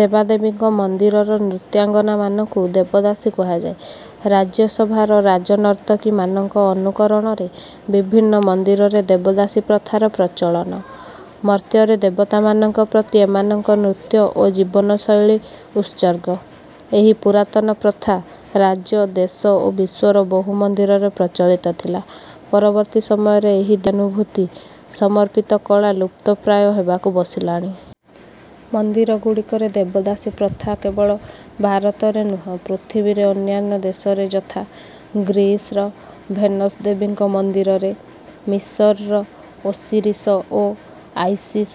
ଦେବାଦେବୀଙ୍କ ମନ୍ଦିରର ନୃତ୍ୟାଙ୍ଗନାମାନଙ୍କୁ ଦେବଦାସୀ କୁହାଯାଏ। ରାଜସଭାର ରାଜନର୍ତ୍ତକୀମାନଙ୍କ ଅନୁକରଣରେ ବିଭିନ୍ନ ମନ୍ଦିରରେ ଦେବଦାସୀ ପ୍ରଥାର ପ୍ରଚଳନ। ମର୍ତ୍ତ୍ୟରେ ଦେବତାମାନଙ୍କ ପ୍ରତି ଏମାନଙ୍କ ନୃତ୍ୟ ଓ ଜୀବନଶୈଳୀ ଉତ୍ସର୍ଗ। ଏହି ପୁରାତନ ପ୍ରଥା ରାଜ୍ୟ ଦେଶ ଓ ବିଶ୍ୱର ବହୁ ମନ୍ଦିରରେ ପ୍ରଚଳିତ ଥିଲା। ପରବର୍ତ୍ତୀ ସମୟରେ ଏହି ଦିନୁଭୂତି ସମର୍ପିତ କଳା ଲୁପ୍ତପ୍ରାୟ ହେବାକୁ ବସିଲାଣି। ମନ୍ଦିରଗୁଡ଼ିକରେ ଦେବଦାସୀ ପ୍ରଥା କେବଳ ଭାରତରେ ନୁହଁ ପୃଥିବୀର ଅନ୍ୟାନ୍ୟ ଦେଶରେ ଯଥା ଗ୍ରୀସର ଭେନସ ଦେବୀଙ୍କ ମନ୍ଦିରରେ ମିଶରର ଓସିରିସ ଓ ଆଇସିସ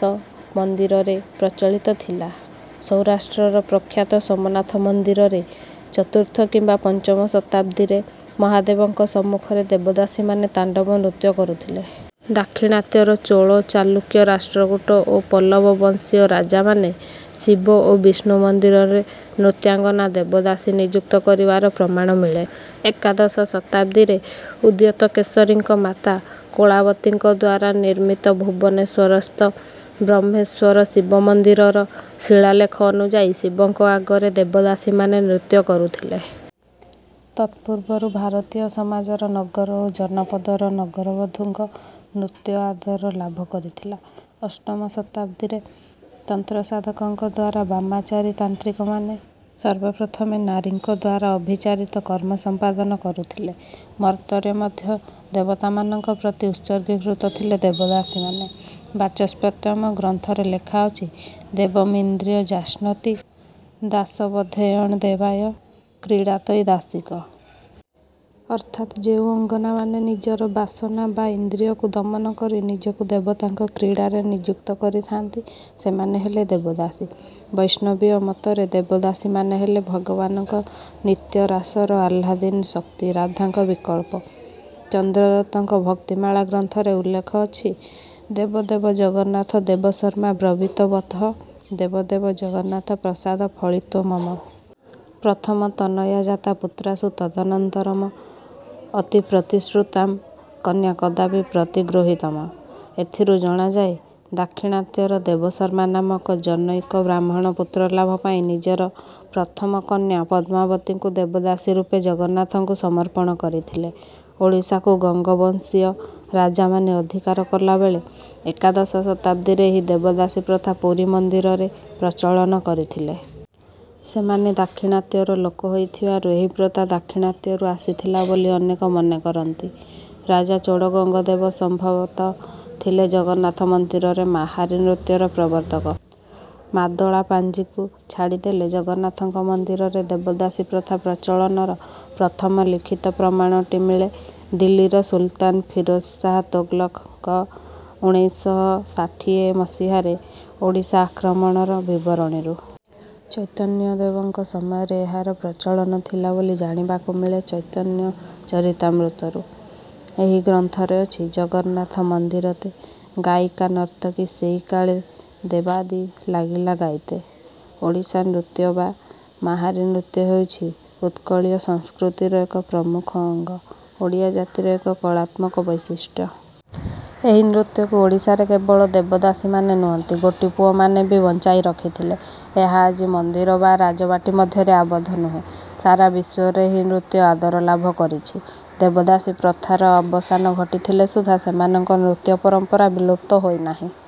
ମନ୍ଦିରରେ ପ୍ରଚଳିତ ଥିଲା। ସୌରାଷ୍ଟ୍ରର ପ୍ରଖ୍ୟାତ ସୋମନାଥ ମନ୍ଦିରରେ ଚତୁର୍ଥ କିମ୍ବା ପଞ୍ଚମ ଶତାବ୍ଦୀରେ ମହାଦେବଙ୍କ ସମ୍ମୁଖରେ ଦେବଦାସୀମାନେ ତାଣ୍ଡବ ନୃତ୍ୟ କରୁଥିଲେ। ଦାକ୍ଷିଣାତ୍ୟର ଚୋଳ ଚାଲୁକ୍ୟ ରାଷ୍ଟ୍ରକୂଟ ଓ ପଲ୍ଲବ ବଂଶୀୟ ରାଜାମାନେ ଶିବ ଓ ବିଷ୍ଣୁ ମନ୍ଦିରରେ ନୃତ୍ୟାଙ୍ଗନା ଦେବଦାସୀ ନିଯୁକ୍ତ କରିବାର ପ୍ରମାଣ ମିଳେ। ଏକାଦଶ ଶତାବ୍ଦୀରେ ଉଦ୍ୟୋତକେଶରୀଙ୍କ ମାତା କୋଳାବତୀଙ୍କ ଦ୍ୱାରା ନିର୍ମିତ ଭୁବନେଶ୍ୱରସ୍ଥ ବ୍ରହ୍ମେଶ୍ୱର ଶିବମନ୍ଦିରର ଶିଳାଲେଖ ଅନୁଯାୟୀ ଶିବଙ୍କ ଆଗରେ ଦେବଦାସୀମାନେ ନୃତ୍ୟ କରୁଥିଲେ। ତତ୍ପୂର୍ବରୁ ଭାରତୀୟ ସମାଜର ନଗର ଓ ଜନପଦରେ ନଗରବଧୂଙ୍କ ନୃତ୍ୟ ଆଦର ଲାଭ କରିଥିଲା। ଅଷ୍ଟମ ଶତାବ୍ଦୀରେ ତନ୍ତ୍ରସାଧକଙ୍କ ଦ୍ୱାରା ବାମାଚାରୀ ତାନ୍ତ୍ରିକମାନେ ସର୍ବପ୍ରଥମେ ନାରୀଙ୍କ ଦ୍ୱାରା ଅଭିଚାରିତ କର୍ମ ସମ୍ପାଦନ କରୁଥିଲେ। ମର୍ତ୍ତ୍ୟରେ ମଧ୍ୟ ଦେବତାମାନଙ୍କ ପ୍ରତି ଉତ୍ସର୍ଗୀକୃତ ଥିଲେ ଦେବଦାସୀମାନେ। ବାଚସ୍ପତ୍ୟମ ଗ୍ରନ୍ଥରେ ଲେଖାଅଛି ଦେବଂ ଇନ୍ଦ୍ରିୟଂ ଯାସ୍ନୋତି ଦାସ ବଧେୟଣ୍ ଦେବାୟ କ୍ରୀଡ଼ାତୈ ଦାସିକ। ଅର୍ଥାତ୍ ଯେଉଁ ଅଙ୍ଗନାମାନେ ନିଜର ବାସନା ବା ଇନ୍ଦ୍ରିୟକୁ ଦମନ କରି ନିଜକୁ ଦେବତାଙ୍କ କ୍ରୀଡ଼ାରେ ନିଯୁକ୍ତ କରିଥାନ୍ତି ସେମାନେ ହେଲେ ଦେବଦାସୀ। ବୈଷ୍ଣବୀୟ ମତରେ ଦେବଦାସୀମାନେ ହେଲେ ଭଗବାନଙ୍କ ନିତ୍ୟରାସର ଆହ୍ଲାଦିନୀ ଶକ୍ତି ରାଧାଙ୍କ ବିକଳ୍ପ। ଚନ୍ଦ୍ରଦତ୍ତଙ୍କ ଭକ୍ତିମାଳା ଗ୍ରନ୍ଥରେ ଉଲ୍ଲେଖ ଅଛି ଦେବ ଦେବ ଜଗନ୍ନାଥ ଦେବଶର୍ମା ବ୍ରବୀତ ବତଃ ଦେବ ଦେବ ଜଗନ୍ନାଥ ପ୍ରସାଦ ଫଳିତୋ ମମ। ପ୍ରଥମ ତନୟା ଜାତା ପୁତ୍ରାସୁ ତଦନନ୍ତରମ ଅତି ପ୍ରତିଶ୍ରୁତାଂ କନ୍ୟା କଦାପି ପ୍ରତିଗୃହୀତମ। ଏଥିରୁ ଜଣାଯାଏ ଦାକ୍ଷିଣାତ୍ୟର ଦେବଶର୍ମା ନାମକ ଜନୈକ ବ୍ରାହ୍ମଣ ପୁତ୍ରଲାଭ ପାଇଁ ନିଜର ପ୍ରଥମ କନ୍ୟା ପଦ୍ମାବତୀଙ୍କୁ ଦେବଦାସୀ ରୂପେ ଜଗନ୍ନାଥଙ୍କୁ ସମର୍ପଣ କରିଥିଲେ। ଓଡ଼ିଶାକୁ ଗଙ୍ଗବଂଶୀୟ ରାଜାମାନେ ଅଧିକାର କଲାବେଳେ ଏକାଦଶ ଶତାବ୍ଦୀରେ ଏହି ଦେବଦାସୀ ପ୍ରଥା ପୁରୀ ମନ୍ଦିରରେ ପ୍ରଚଳନ କରିଥିଲେ। ସେମାନେ ଦାକ୍ଷିଣାତ୍ୟର ଲୋକ ହୋଇଥିବାରୁ ଏହି ପ୍ରଥା ଦାକ୍ଷିଣାତ୍ୟରୁ ଆସିଥିଲା ବୋଲି ଅନେକ ମନେକରନ୍ତି। ରାଜା ଚୋଡ଼ଗଙ୍ଗଦେବ ସମ୍ଭବତଃ ଥିଲେ ଜଗନ୍ନାଥ ମନ୍ଦିରରେ ମାହାରୀ ନୃତ୍ୟର ପ୍ରବର୍ତ୍ତକ। ମାଦଳା ପାଞ୍ଜିକୁ ଛାଡ଼ିଦେଲେ ଜଗନ୍ନାଥଙ୍କ ମନ୍ଦିରରେ ଦେବଦାସୀ ପ୍ରଥା ପ୍ରଚଳନର ପ୍ରଥମ ଲିଖିତ ପ୍ରମାଣଟି ମିଳେ ଦିଲ୍ଲୀର ସୁଲତାନ ଫିରୋଜ ଶାହ ତୋଗଲକଙ୍କ ଉଣେଇଶ ଶହ ଷାଠିଏ ମସିହାରେ ଓଡ଼ିଶା ଆକ୍ରମଣ ବିବରଣୀରୁ। ଚୈତନ୍ୟଦେବଙ୍କ ସମୟରେ ଏହାର ପ୍ରଚଳନ ଥିଲା ବୋଲି ଜାଣିବାକୁ ମିଳେ ଚୈତନ୍ୟ ଚରିତାମୃତରୁ। ଏହି ଗ୍ରନ୍ଥରେ ଅଛି ଜଗନ୍ନାଥ ମନ୍ଦିରତେ ଗାୟିକା ନର୍ତ୍ତକୀ ସେଇ କାଳେ ଦେବାଦୀ ଲାଗିଲା ଗାଇତେ। ଓଡ଼ିଶୀ ନୃତ୍ୟ ବା ମାହାରୀ ନୃତ୍ୟ ହେଉଛି ଉତ୍କଳୀୟ ସଂସ୍କୃତିର ଏକ ପ୍ରମୁଖ ଅଙ୍ଗ ଓଡ଼ିଆ ଜାତିର ଏକ କଳାତ୍ମକ ବୈଶିଷ୍ଟ୍ୟ। ଏହି ନୃତ୍ୟକୁ ଓଡ଼ିଶାରେ କେବଳ ଦେବଦାସୀମାନେ ନୁହନ୍ତି ଗୋଟିପୁଅମାନେ ବି ବଞ୍ଚାଇ ରଖିଥିଲେ। ଏହା ଆଜି ମନ୍ଦିର ବା ରାଜବାଟୀ ମଧ୍ୟରେ ଆବଦ୍ଧ ନୁହେଁ। ସାରା ବିଶ୍ୱରେ ଏହି ନୃତ୍ୟ ଆଦର ଲାଭ କରିଛି। ଦେବଦାସୀ ପ୍ରଥାର ଅବସାନ ଘଟିଥିଲେ ସୁଦ୍ଧା ସେମାନଙ୍କ ନୃତ୍ୟ ପରମ୍ପରା ବିଲୁପ୍ତ ହୋଇନାହିଁ।